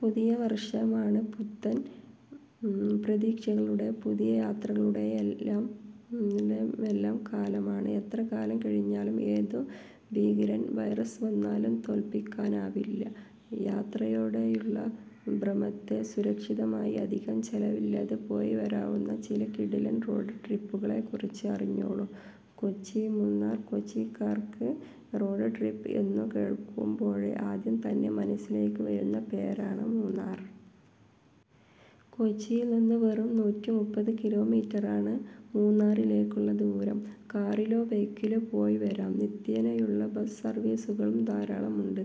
പുതിയ വര്‍ഷമാണ്. പുത്തന്‍ പ്രതീക്ഷകളുടെ പുതിയ യാത്രകളുടെയുമെല്ലാം കാലമാണ്. എത്രകാലം കഴിഞ്ഞാലും ഏതു ഭീകരൻ വൈറസ് വന്നാലും തോല്‍പ്പിക്കാനാവില്ല, യാത്രയോടുള്ള ഭ്രമത്തെ. സുരക്ഷിതമായി അധികം ചെലവില്ലാതെ പോയിവരാവുന്ന ചില കിടിലന്‍ റോഡ് ട്രിപ്പുകളെക്കുറിച്ച് അറിഞ്ഞോളൂ. കൊച്ചി- മൂന്നാര്‍ കൊച്ചിക്കാർക്ക് റോഡ് ട്രിപ്പ് എന്നു കേള്‍ക്കുമ്പോഴേ ആദ്യം തന്നെ മനസ്സിലേക്ക് വരുന്ന പേരാണ് മൂന്നാര്‍. കൊച്ചിയില്‍ നിന്നും വെറും നൂറ്റിമൂപ്പത്ത് കിലോമീറ്ററാണ് മൂന്നാറിലേക്കുള്ള ദൂരം. കാറിലോ ബൈക്കിലോ പോയി വരാം, നിത്യേനയുള്ള ബസ് സര്‍വീസുകളും ധാരാളമുണ്ട്.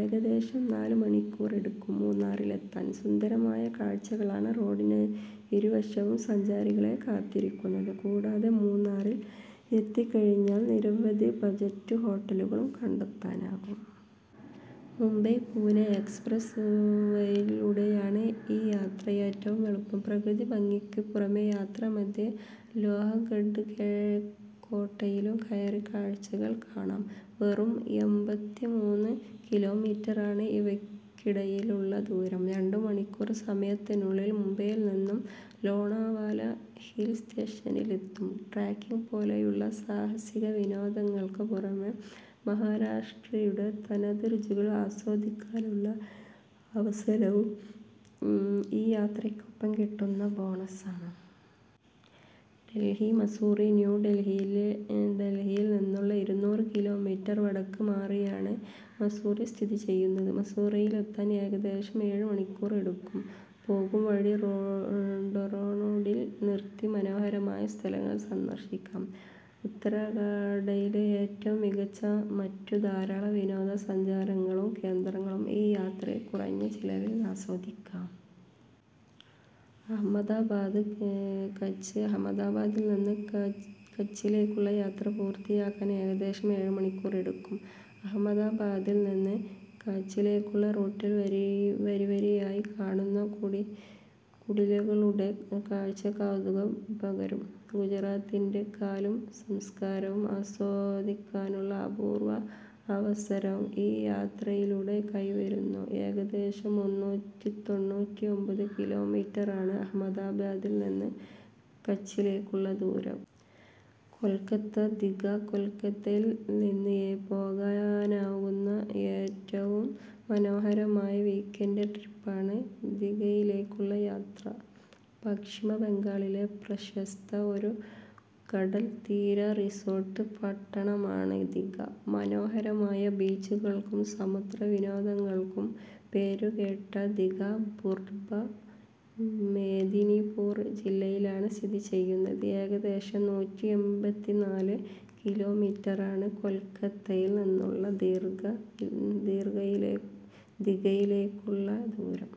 ഏകദേശം നാല് മണിക്കൂർ എടുക്കും മൂന്നാറിലെത്താൻ. സുന്ദരമായ കാഴ്ചകളാണ് റോഡിനിരുവശവും സഞ്ചാരികളെ കാത്തിരിക്കുന്നത്. കൂടാതെ, മൂന്നാറില്‍ എത്തിക്കഴിഞ്ഞാൽ നിരവധി ബജറ്റ് ഹോട്ടലുകളും കണ്ടെത്താനാകും. മുംബൈ-പൂനെ എക്സ്പ്രസ് വേയിലൂടെയാണ് ഈ യാത്രക്ക് ഏറ്റവും എളുപ്പം. പ്രകൃതിഭംഗിക്ക് പുറമേ യാത്രാമധ്യേ, ലോഹഗഡ് കോട്ടയിലും കയറി കാഴ്ചകള്‍ കാണാം. വെറും എമ്പത്തിമൂന്നു കിലോമീറ്റര്‍ ആണ് ഇവയ്ക്കിടയിലുള്ള ദൂരം. രണ്ടു മണിക്കൂര്‍ സമയത്തിനുള്ളിൽ മുംബൈയില്‍ നിന്നും ലോണാവാല ഹിൽ സ്റ്റേഷനിൽ എത്തും. ട്രെക്കിങ് പോലെയുള്ള സാഹസിക വിനോദങ്ങള്‍ക്ക് പുറമേ, മഹാരാഷ്ട്രയുടെ തനതു രുചികള്‍ ആസ്വദിക്കാനുള്ള അവസരവും ഈ യാത്രക്കൊപ്പം കിട്ടുന്ന ബോണസാണ്. ഡൽഹി-മസ്സൂറി ന്യൂ ഡൽഹിയിൽ നിന്ന് ഇരുനൂറ് കിലോമീറ്റർ വടക്ക് മാറിയാണ് മസ്സൂറി സ്ഥിതി ചെയ്യുന്നത്, മസ്സൂറിയിലെത്താൻ ഏകദേശം ഏഴ് മണിക്കൂർ എടുക്കും. പോകുംവഴി ഡെറാഡൂണിൽ നിർത്തി മനോഹരമായ സ്ഥലങ്ങള്‍ സന്ദര്‍ശിക്കാം. ഉത്തരാഗായിലെ ഏറ്റവും മികച്ച മറ്റു ധാരാളം വിനോദസഞ്ചാര കേന്ദ്രങ്ങളും ഈ യാത്രയില്‍ കുറഞ്ഞ ചിലവില്‍ ആസ്വദിക്കാം. അഹമ്മദാബാദ്-കച്ച് അഹമ്മദാബാദിൽ നിന്ന് കച്ചിലേക്കുള്ള യാത്ര പൂർത്തിയാക്കാൻ ഏകദേശം ഏഴ് മണിക്കൂർ എടുക്കും. അഹമ്മദാബാദിൽ നിന്ന് കച്ചിലേക്കുള്ള റൂട്ടിൽ വരിവരിയായി കാണുന്ന കുടികുടിലുകളുടെ കാഴ്ച കൗതുകം പകരും. ഗുജറാത്തിന്‍റെ കലയും സംസ്കാരവും ആസ്വദിക്കാനുള്ള അപൂര്‍വ്വ അവസരവും ഈ യാത്രയിലൂടെ കൈവരുന്നു. ഏകദേശം മുന്നൂറ്റിതൊണ്ണൂറ്റിഒമ്പത് കിലോമീറ്റര്‍ ആണ് അഹമ്മദാബാദിൽ നിന്നും കച്ചിലേക്കുള്ള ദൂരം. കൊൽക്കത്ത ദിഘ കൊൽക്കത്തയിൽ നിന്നും പോകാനാവുന്ന ഏറ്റവും മനോഹരമായ വീക്കെൻഡ് ട്രിപ്പാണ് ദിഘയിലേക്കുള്ള യാത്ര. പശ്ചിമബംഗാളിലെ പ്രശസ്തമായ ഒരു കടൽത്തീര റിസോർട്ട് പട്ടണമാണ് ദിഘ. മനോഹരമായ ബീച്ചുകള്‍ക്കും സമുദ്രവിനോദങ്ങൾക്കും പേരുകേട്ട ദിഘ, പുർബ മേദിനിപൂർ ജില്ലയിലാണ് സ്ഥിതി ചെയ്യുന്നത്. ഏകദേശം നൂറ്റിഎമ്പതിനാല് കിലോമീറ്റർ ആണ് കൊല്‍ക്കത്തയില്‍ നിന്നുള്ള ദീർഘ ദിഘയിലേക്കുള്ള ദൂരം.